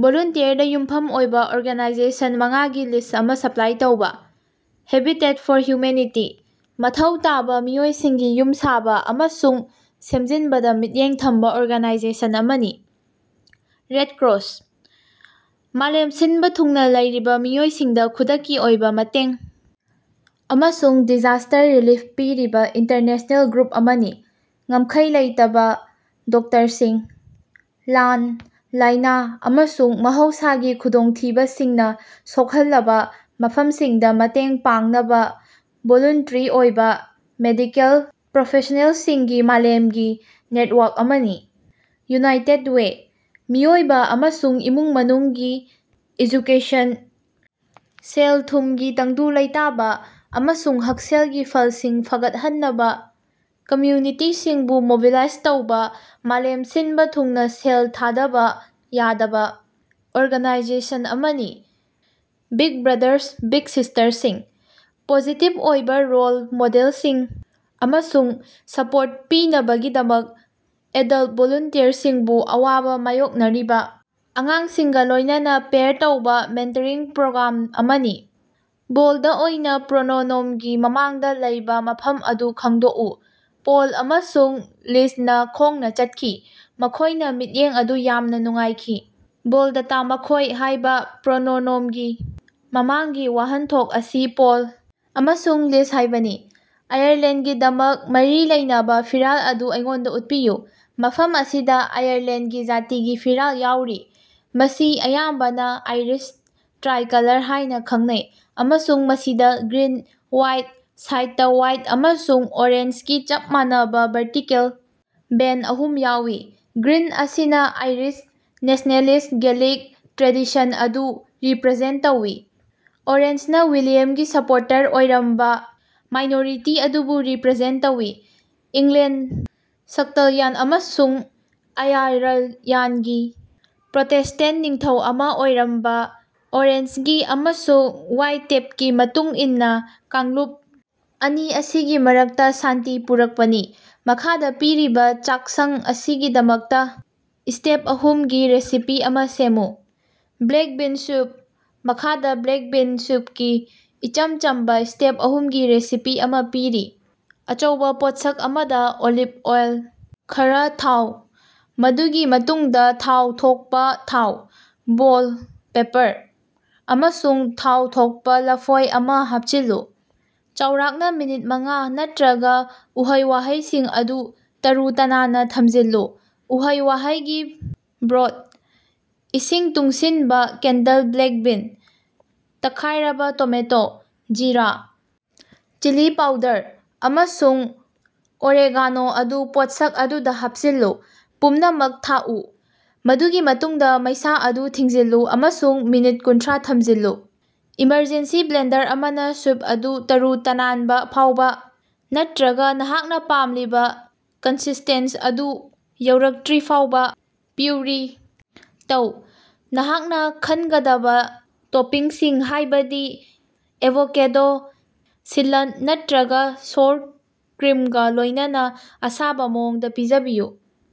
ꯚꯣꯂꯨꯟꯇꯤꯌꯔꯗ ꯌꯨꯝꯐꯝ ꯑꯣꯏꯕ ꯑꯣꯔꯒꯥꯅꯥꯏꯖꯦꯁꯟ ꯃꯉꯥꯒꯤ ꯂꯤꯁ꯭ꯠ ꯑꯃꯥ ꯁꯄꯂꯥꯏ ꯇꯧꯕꯥ꯫ ꯍꯦꯕꯤꯇꯦꯠ ꯐꯣꯔ ꯍ꯭ꯌꯨꯃꯦꯅꯤꯇꯤ: ꯃꯊꯧ ꯇꯥꯕꯥ ꯃꯤꯑꯣꯏꯁꯤꯡꯒꯤ ꯌꯨꯝ ꯁꯥꯕ ꯑꯃꯁꯨꯡ ꯁꯦꯝꯖꯤꯟꯕꯗꯥ ꯃꯤꯠꯌꯦꯡ ꯊꯝꯕ ꯑꯣꯔꯒꯅꯥꯏꯖꯦꯁꯟ ꯑꯃꯅꯤ꯫ ꯔꯦꯗ ꯀ꯭ꯔꯣꯁ: ꯃꯥꯂꯦꯝ ꯁꯤꯟꯕ ꯊꯨꯡꯅ ꯂꯩꯔꯤꯕꯥ ꯃꯤꯑꯣꯏꯁꯤꯡꯗ ꯈꯨꯗꯛꯀꯤ ꯑꯣꯏꯕ ꯃꯇꯦꯡ ꯑꯃꯁꯨꯡ ꯗꯤꯖꯥꯁ꯭ꯇꯔ ꯔꯤꯂꯤꯐ ꯄꯤꯔꯤꯕ ꯏꯟꯇꯔꯅꯦꯁ꯭ꯅꯦꯜ ꯒ꯭ꯔꯨꯞ ꯑꯃꯅꯤ꯫ ꯉꯝꯈꯩ ꯂꯩꯇꯕꯥ ꯗꯣꯛꯇꯔꯁꯤꯡ: ꯂꯥꯟ, ꯂꯥꯏꯅꯥ, ꯑꯃꯁꯨꯡ ꯃꯍꯧꯁꯥꯒꯤ ꯈꯨꯗꯣꯡꯊꯤꯕꯁꯤꯡꯅ ꯁꯣꯛꯍꯜꯂꯕꯥ ꯃꯐꯝꯁꯤꯡꯗ ꯃꯇꯦꯡ ꯄꯥꯡꯅꯕ ꯚꯣꯂꯨꯟꯇꯔꯤ ꯑꯣꯏꯕ ꯃꯦꯗꯤꯀꯦꯜ ꯄ꯭ꯔꯣꯐꯦꯁ꯭ꯅꯦꯜꯁꯤꯡꯒꯤ ꯃꯥꯂꯦꯝꯒꯤ ꯅꯦꯇꯋꯥꯔꯛ ꯑꯃꯅꯤ꯫ ꯌꯨꯅꯥꯏꯇꯦꯗ ꯋꯦ: ꯃꯤꯑꯣꯏꯕꯥ ꯑꯃꯁꯨꯡ ꯏꯃꯨꯡ ꯃꯅꯨꯡꯒꯤ ꯑꯦꯖꯨꯀꯦꯁꯟ, ꯁꯦꯜ-ꯊꯨꯝꯒꯤ ꯇꯪꯗꯨ ꯂꯩꯇꯥꯕ, ꯑꯃꯁꯨꯡ ꯍꯛꯁꯦꯜꯒꯤ ꯐꯜꯁꯤꯡ ꯐꯒꯠꯍꯟꯅꯕꯥ ꯀꯝꯌꯨꯅꯤꯇꯤꯁꯤꯡꯕꯨ ꯃꯣꯕꯤꯂꯥꯏꯖ ꯇꯧꯕꯥ ꯃꯥꯂꯦꯝ ꯁꯤꯟꯕ ꯊꯨꯡꯅ ꯁꯦꯜ ꯊꯥꯗꯕ ꯌꯥꯗꯕꯥ ꯑꯣꯔꯒꯅꯥꯏꯖꯦꯁꯟ ꯑꯃꯅꯤ꯫ ꯕꯤꯒ ꯕ꯭ꯔꯥꯗꯥꯔꯁ ꯕꯤꯒ ꯁꯤꯁ꯭ꯇꯔꯁꯤꯡ: ꯄꯣꯖꯤꯇꯤꯚ ꯑꯣꯏꯕ ꯔꯣꯜ ꯃꯣꯗꯦꯜꯁꯤꯡ ꯑꯃꯁꯨꯡ ꯁꯄꯣꯔꯠ ꯄꯤꯅꯕꯒꯤꯗꯃꯛ ꯑꯦꯗꯜꯠ ꯚꯣꯂꯨꯟꯇꯤꯌꯔꯁꯤꯡꯕꯨ ꯑꯋꯥꯕꯥ ꯃꯥꯌꯣꯛꯅꯔꯤꯕꯥ ꯑꯉꯥꯡꯁꯤꯡꯒ ꯂꯣꯏꯅꯅꯥ ꯄꯦꯌꯥꯔ ꯇꯧꯕ ꯃꯦꯟꯇꯔꯤꯡ ꯄ꯭ꯔꯣꯒ꯭ꯔꯥꯝ ꯑꯃꯅꯤ꯫ ꯕꯣꯜꯗ ꯑꯣꯏꯅꯥ ꯄ꯭ꯔꯣꯅꯣꯅꯣꯝꯒꯤ ꯃꯃꯥꯡꯗꯥ ꯂꯩꯕꯥ ꯃꯐꯝ ꯑꯗꯨ ꯈꯪꯗꯣꯛꯎ꯫ ꯄꯣꯜ ꯑꯃꯁꯨꯡ ꯂꯤꯖꯅꯥ ꯈꯣꯡꯅꯥ ꯆꯠꯈꯤ꯫ ꯃꯈꯣꯏꯅ ꯃꯤꯠꯌꯦꯡ ꯑꯗꯨ ꯌꯥꯝꯅꯥ ꯅꯨꯡꯉꯥꯏꯈꯤ꯫ ꯕꯣꯜꯗꯇꯥ ꯃꯈꯣꯏ ꯍꯥꯏꯕ ꯄ꯭ꯔꯣꯅꯣꯅꯣꯝꯒꯤ ꯃꯃꯥꯡꯒꯤ ꯋꯥꯍꯟꯊꯣꯛ ꯑꯁꯤ ꯄꯣꯜ ꯑꯃꯁꯨꯡ ꯂꯤꯖ ꯍꯥꯏꯕꯅꯤ꯫ ꯑꯥꯌꯔꯂꯦꯟꯗꯒꯤꯗꯃꯛ ꯃꯔꯤ ꯂꯩꯅꯕ ꯐꯤꯔꯥꯜ ꯑꯗꯨ ꯑꯩꯉꯣꯟꯗꯥ ꯎꯠꯄꯤꯌꯨ꯫ ꯃꯐꯝ ꯑꯁꯤꯗꯥ ꯑꯥꯌꯔꯂꯦꯟꯗꯒꯤ ꯖꯥꯇꯤꯒꯤ ꯐꯤꯔꯥꯜ ꯌꯥꯎꯔꯤ꯫ ꯃꯁꯤ ꯑꯌꯥꯝꯕꯅ ꯑꯥꯏꯔꯤꯁ ꯇ꯭ꯔꯥꯏꯀꯂꯔ ꯍꯥꯏꯅꯥ ꯈꯪꯅꯩ ꯑꯃꯁꯨꯡ ꯃꯁꯤꯗꯥ ꯒ꯭ꯔꯤꯟ ꯋꯥꯏꯁ꯭ꯠ ꯁꯥꯏꯗꯇꯥ ꯋꯥꯏꯠ ꯑꯃꯁꯨꯡ ꯑꯣꯔꯦꯟꯖꯒꯤ ꯆꯞ ꯃꯥꯟꯅꯕ ꯚꯔꯇꯤꯀꯦꯜ ꯕꯦꯟꯗ ꯑꯍꯨꯝ ꯌꯥꯎꯏ꯫ꯒ꯭ꯔꯤꯟ ꯑꯁꯤꯅ ꯑꯥꯏꯔꯤꯁ ꯅꯦꯁ꯭ꯅꯦꯂꯤꯁ꯭ꯠ ꯒꯦꯂꯤꯛ ꯇ꯭ꯔꯦꯗꯤꯁꯟ ꯑꯗꯨ ꯔꯤꯄꯔꯖꯦꯟꯠ ꯇꯧꯏ, ꯑꯣꯔꯦꯟꯖꯅꯥ ꯋꯤꯂꯤꯌꯝꯒꯤ ꯁꯄꯣꯔꯇꯔ ꯑꯣꯏꯔꯝꯕ ꯃꯥꯏꯅꯣꯔꯤꯇꯤ ꯑꯗꯨꯕꯨ ꯔꯤꯄꯔꯖꯦꯟꯠ ꯇꯧꯏ꯫ ꯏꯪꯂꯦꯟꯗ, ꯁꯛꯇꯜꯌꯥꯟꯗ ꯑꯃꯁꯨꯡ ꯑꯥꯌꯥꯔꯜꯌꯥꯟꯗꯒꯤ ꯄ꯭ꯔꯣꯇꯦꯁ꯭ꯇꯦꯟ ꯅꯤꯡꯊꯧ ꯑꯃꯥ ꯑꯣꯏꯔꯝꯕ ꯑꯣꯔꯦꯟꯖꯒꯤ ꯑꯃꯁꯨꯡ ꯋꯥꯏꯇꯦꯞꯀꯤ ꯃꯇꯨꯡ ꯏꯟꯅ ꯀꯥꯡꯂꯨꯞ ꯑꯅꯤ ꯑꯁꯤꯒꯤ ꯃꯔꯛꯇꯥ ꯁꯥꯟꯇꯤ ꯄꯨꯔꯛꯄꯅꯤ꯫ ꯃꯈꯥꯗꯥ ꯄꯤꯔꯤꯕꯥ ꯆꯥꯛꯁꯪ ꯑꯁꯤꯒꯤꯗꯃꯛꯇ ꯁ꯭ꯇꯦꯞ ꯑꯍꯨꯝꯒꯤ ꯔꯦꯁꯤꯄꯤ ꯑꯃꯥ ꯁꯦꯝꯃꯨ꯫ Black bean soup. ꯃꯈꯥꯗꯥ ꯕ꯭ꯂꯦꯛ ꯕꯤꯟ ꯁ꯭ꯌꯨꯞꯀꯤ ꯏꯆꯝ ꯆꯝꯕꯥ ꯁ꯭ꯇꯦꯞ ꯑꯍꯨꯝꯒꯤ ꯔꯦꯁꯤꯄꯤ ꯑꯃꯥ ꯄꯤꯔꯤ: ꯑꯆꯧꯕꯥ ꯄꯣꯠꯁꯛ ꯑꯃꯗꯥ, ꯑꯣꯂꯤꯚ ꯑꯣꯏꯜ ꯈꯔꯥ ꯊꯥꯎ, ꯃꯗꯨꯒꯤ ꯃꯇꯨꯡꯗ ꯊꯥꯎ ꯊꯣꯛꯄꯥ ꯊꯥꯎ, ꯕꯦꯜ ꯄꯦꯄꯔ, ꯑꯃꯁꯨꯡ ꯊꯥꯎ ꯊꯣꯛꯄ ꯂꯐꯣꯏ ꯑꯃꯥ ꯍꯥꯞꯆꯤꯜꯂꯨ꯫ ꯆꯥꯎꯔꯥꯛꯅ ꯃꯤꯅꯠ ꯃꯉꯥ, ꯅꯠꯇꯔꯒ ꯎꯍꯩ-ꯋꯥꯍꯩꯁꯤꯡ ꯑꯗꯨ ꯇꯔꯨ-ꯇꯅꯥꯟꯅ ꯊꯝꯖꯤꯜꯂꯨ꯫ ꯎꯍꯩ-ꯋꯥꯍꯩꯒꯤ ꯕ꯭ꯔꯣꯊ, ꯏꯁꯤꯡ ꯇꯨꯡꯁꯤꯟꯕꯥ ꯀꯦꯟꯗꯜ ꯕ꯭ꯂꯦꯛ ꯕꯤꯟ, ꯇꯛꯈꯥꯏꯔꯕꯥ ꯇꯣꯃꯦꯇꯣ, ꯖꯤꯔꯥ, ꯆꯤꯂꯤ ꯄꯥꯎꯗꯔ, ꯑꯃꯁꯨꯡ ꯑꯣꯔꯦꯒꯥꯅꯣ ꯑꯗꯨ ꯄꯣꯠꯁꯛ ꯑꯗꯨꯗ ꯍꯥꯞꯆꯤꯜꯂꯨ꯫ ꯄꯨꯝꯅꯃꯛ ꯊꯥꯛꯎ, ꯃꯗꯨꯒꯤ ꯃꯇꯨꯡꯗꯥ ꯃꯩꯁꯥ ꯑꯗꯨ ꯊꯤꯡꯖꯤꯜꯂꯨ ꯑꯃꯁꯨꯡ ꯃꯤꯅꯠ ꯀꯨꯟꯊꯔꯥ ꯊꯝꯖꯤꯜꯂꯨ꯫ ꯏꯃꯔꯖꯦꯟꯁꯤ ꯕ꯭ꯂꯦꯟꯗꯔ ꯑꯃꯅꯥ, ꯁ꯭ꯌꯨꯞ ꯑꯗꯨ ꯇꯔꯨ-ꯇꯅꯥꯟꯕꯥ ꯐꯥꯎꯕ, ꯅꯠꯇꯔꯒ ꯅꯍꯥꯛꯅ ꯄꯥꯝꯂꯤꯕ ꯀꯟꯁꯤꯁ꯭ꯇꯦꯟꯁ ꯑꯗꯨ ꯌꯧꯔꯛꯇꯔꯤꯐꯥꯎꯕ ꯄ꯭ꯌꯨꯔꯤ ꯇꯧ꯫ ꯅꯍꯥꯛꯅ ꯈꯟꯒꯗꯕꯥ ꯇꯣꯄꯤꯡꯁꯤꯡ ꯍꯥꯏꯕꯗꯤ ꯑꯦꯚꯣꯀꯦꯗꯣ, ꯁꯤꯂꯟꯇ, ꯅꯠꯇꯔꯒꯥ ꯁꯧꯔ ꯀ꯭ꯔꯤꯝꯒꯥ ꯂꯣꯏꯅꯅꯥ ꯑꯁꯥꯕ ꯃꯑꯣꯡꯗꯥ ꯄꯤꯖꯕꯤꯌꯨ꯫